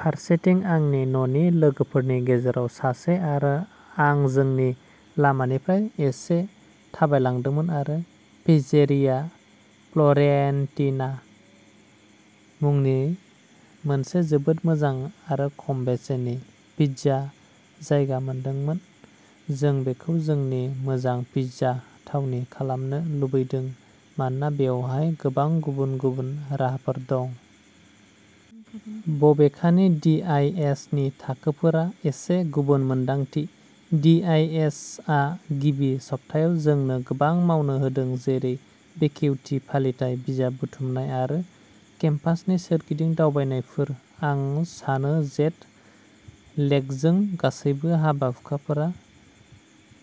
फारसेथिं, आंनि न'नि लोगोफोरनि गेजेराव सासे आरो आं जोंनि लामानिफ्राय एसे थाबायलांदोंमोन आरो पिज्जेरिया फ्ल'रेन्टिना मुंनि मोनसे जोबोद मोजां आरो खम बेसेननि पिज्जा जायगा मोनदोंमोन। जों बेखौ जोंनि मोजां पिज्जा थावनि खालामनो लुबैदों मानोना बेवहाय गोबां गुबुन गुबुन राहाफोर दं। बबेखानि, डि. आइ. एस. नि थाखोफोरा एसे गुबुन मोन्दांथि। डि. आइ. एस. आ गिबि सप्तायाव जोंनो गोबां मावनो होदों जेरै बेखेवथि फालिथाइ, बिजाब बुथुमनाय आरो केम्पासनि सोरगिदिं दावबायनायफोर। आं सानो जेट लेगजों गासैबो हाबा-हुखाफोरा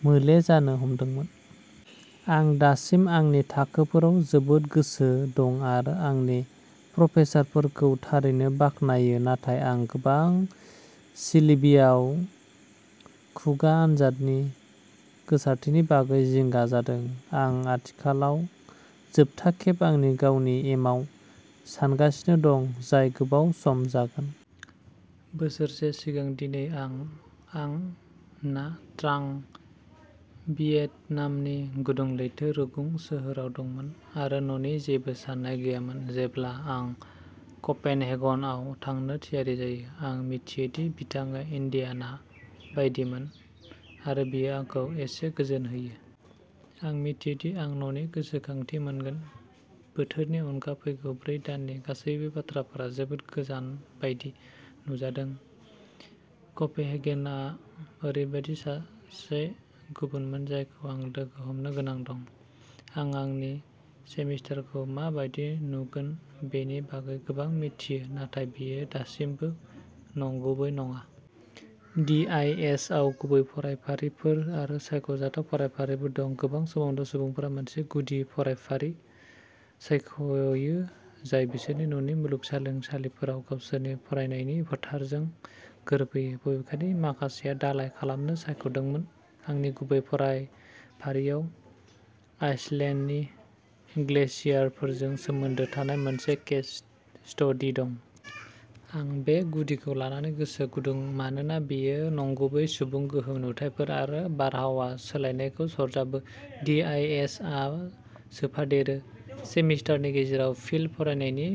मोले जानो हमदोंमोन। आं दासिम आंनि थाखोफोराव जोबोद गोसो दं आर आंनि प्रफेसारफोरखौ थारैनो बाख्नायो। नाथाय आं गोबां सिलेबियाव खुगा आनजादनि गोसारथिनि बागै जिंगा जादों। आं आथिखालाव जोबथा खेब आंनि गावनि एमाव सानगासिनो दं, जाय गोबाव सम जागोन। बोसोरसे सिगां दिनै आं आं ना ट्रांग, भियेटनामनि गुदुं लैथो रुगुं सोहोराव दंमोन आरो न'नि जेबो साननाय गैयामोन। जेब्ला आं क'पेनहेगनआव थांनो थियारि जायो, आं मिथियो दि बोथोरा इन्डियाना बायदिमोन आरो बेयो आंखौ एसे गोजोन होयो। आं मिथियो दि आं न'नि गोसोखांथि मोनगोन। बोथोरनि अनगा, फैगौ ब्रै दाननि गासैबो बाथ्राफोरा जोबोद गोजान बायदि नुजादों। क'पेहेगनआ ओरैबायदि सासे गुबुनमोन जायखौ आं लोगो हमनो गोनां दं। आं आंनि सेमिस्टारखौ मा बायदि नुगोन बेनि बागै गोबां मिथियो। नाथाय बेयो दासिमबो नंगुबै नङा। डि. आइ. एस. आव गुबै फरायफारिफोर आरो सायख'जाथाव फरायफारिफोर दं। गोबां समावनो सुबुंफोरा मोनसे गुदि फरायफारि सायख'यो। जाय बिसोरनि न'नि मुलुगसोलोंसालिफोराव गावसोरनि फरायनायनि फोथारजों गोरोबहोयो। बबेखानि, माखासेया दालाइ खालामनो सायख'दोंमोन। आंनि गुबै फरायफारिआव आइसलेन्डनि ग्लेशियारफोरजों सोमोन्दो थानाय मोनसे केस स्टडि दं। आं बे गुदिखौ लानानै गोसो गुदुं मानोना बेयो नंगुबै सुबुं गोहोम नुथायफोर आरो बारहावा सोलायनायखौ सरजाबो। डि. आइ. एस. आ सोफादेरो, सेमिस्टारनि गेजेराव फिल्ड फरायनायनि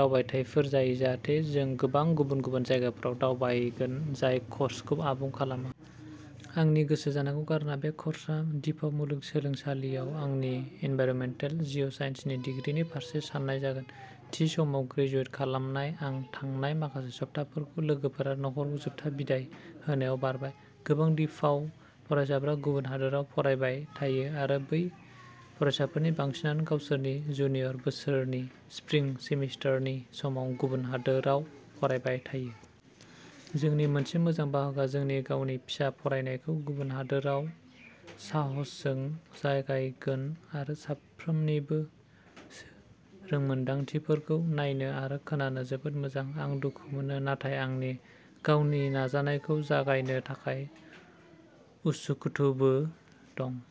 दावबायथायफोर जायो। जाहाथे जों गोबां गुबुन गुबुन जायगाफोराव दावबायगोन, जाय कर्सखौ आबुं खालामो। आंनि गोसो जानायखौ गारना, बे कर्सआ डिपाउ मुलुगसोलोंसालियाव आंनि एनभाइरनमेन्टेल जिअ'साइन्सनि दिग्रिनि फारसे साननाय जागोन। थि समाव ग्रेजुवेट खालामनाय आं थांनाय माखासे सप्ताफोरखौ लोगोफोर आरो नखरखौ जोबथा बिदाइ होनायाव बारबाय। गोबां डिपाउ फरायसाफ्रा गुबुन हादोराव फरायबाय थायो आरो बै फरायसाफोरनि बांसिनानो गावसोरनि जुनियर बोसोरनि स्प्रिं सेमिस्टारनि समाव गुबुन हादोराव फरायबाय थायो। जोंनि मोनसे मोजां बाहागोआ जोंनि गावनि फिसा फरायनायखौ गुबुन हादोराव साहसजों जागायगोन आरो साफ्रोमनिबो रोंमोनदांथिफोरखौ नायनो आरो खोनानो जोबोद मोजां। आं दुखु मोनो, नाथाय आंनि गावनि नाजानायखौ जागायनो थाखाय उसुखुथुबो दं।